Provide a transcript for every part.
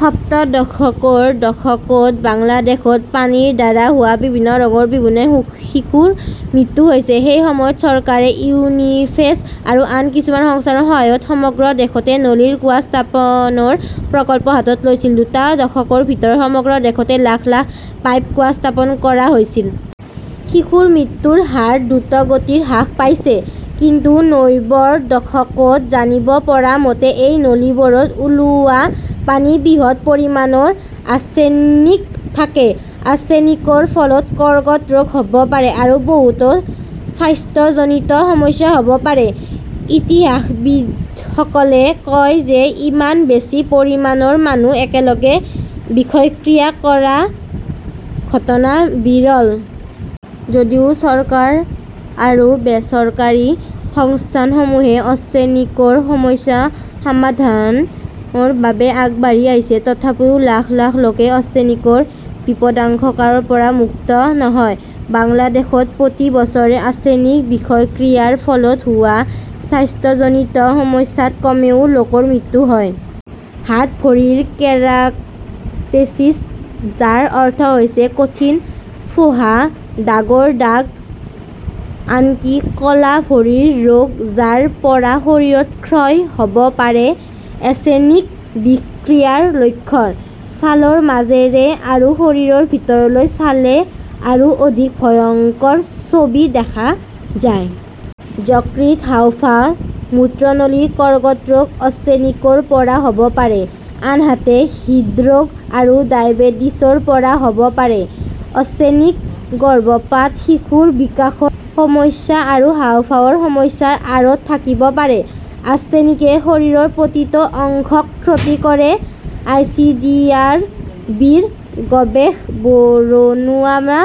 সপ্তদশকৰ দশকত বাংলাদেশত পানীৰ দ্বাৰা হোৱা বিভিন্ন ৰোগৰ বিভিন শিশুৰ মৃত্যু হৈছিল। সেই সময়ৰ চৰকাৰে ইউনিচেফ আৰু আন কিছুমান সংস্থাৰ সহায়ত সমগ্ৰ দেশতে নলীৰ কুঁৱা স্থাপনৰ প্ৰকল্প হাতত লৈছিল। দুটা দশকৰ ভিতৰত সমগ্ৰ দেশতে লাখ লাখ পাইপ কুঁৱা স্থাপন কৰা হৈছিল। শিশুৰ মৃত্যুৰ হাৰ দ্ৰুতগতিত হ্ৰাস পাইছে। কিন্তু নইব্বৈৰ দশকত, জানিব পৰা মতে, এই নলীবোৰত ওলোৱা পানীত বৃহৎ পৰিমাণৰ আৰ্ছেনিক থাকে। আৰ্ছেনিকৰ ফলত কৰ্কট ৰোগ হ'ব পাৰে, আৰু বহুতো স্বাস্থ্যজনিত সমস্যা হ'ব পাৰে। ইতিহাসবিদসকলে কয় যে ইমান বেছি পৰিমাণৰ মানুহ একেলগে বিষক্ৰিয়া কৰা ঘটনা বিৰল। যদিও চৰকাৰ আৰু বেচৰকাৰী সংস্থানসমূহে অৰ্ছেনিকৰ সমস্যা সামাধানৰ বাবে আগবাঢ়ি আহিছে, তথাপিও লাখ লাখ লোকে আৰ্ছেনিকৰ বিপদাশংকাৰ পৰা মুক্ত নহয়। বাংলাদেশত প্ৰতি বছৰে আৰ্ছেনিক বিষক্ৰিয়াৰ ফলত হোৱা স্বাস্থ্যজনিত সমস্যাত কমেও লোকৰ মৃত্যু হয়। হাত-ভৰিৰ কেৰাটেচিছ, যাৰ অৰ্থ হৈছে কঠিন ফোঁহা, দাগৰ দাগ, আনকি ক'লা ভৰিৰ ৰোগ যাৰ পৰা শৰীৰত ক্ষয় হ'ব পাৰে-এৰ্ছেনিক বিষক্ৰিয়াৰ লক্ষণ। ছালৰ মাজেৰে আৰু শৰীৰৰ ভিতৰলৈ চালে আৰু অধিক ভয়ংকৰ ছবি দেখা যায়। যকৃত, হাঁওফাঁও, মূত্ৰনলীৰ কৰ্কট ৰোগ আৰ্ছেনিকৰ পৰা হ 'ব পাৰে, আনহাতে হৃদৰোগ আৰু ডায়েবেটিছৰ পৰা হ' ব পাৰে। এৰ্ছেনিক গৰ্ভপাত, শিশুৰ বিকাশৰ সমস্যা আৰু হাঁওফাঁওৰ সমস্যাৰ আঁৰত থাকিব পাৰে। আৰ্ছেনিকে শৰীৰৰ প্ৰতিটো অংগক ক্ষতি কৰে, আইচিডিডিআৰ, বিৰ গৱেষক ৰুবানা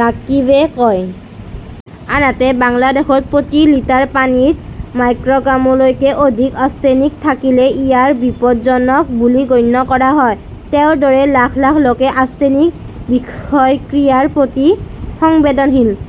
ৰাকিবে কয়। আনহাতে, বাংলাদেশত প্ৰতি লিটাৰ পানীত মাইক্ৰগ্ৰামলৈকে অধিক আৰ্ছেনিক থাকিলে ইয়াক বিপদজনক বুলি গণ্য কৰা হয়। তেওঁৰ দৰে লাখ লাখ লোকে আৰ্ছেনিক বিষক্ৰিয়াৰ প্ৰতি সংবেদনশীল।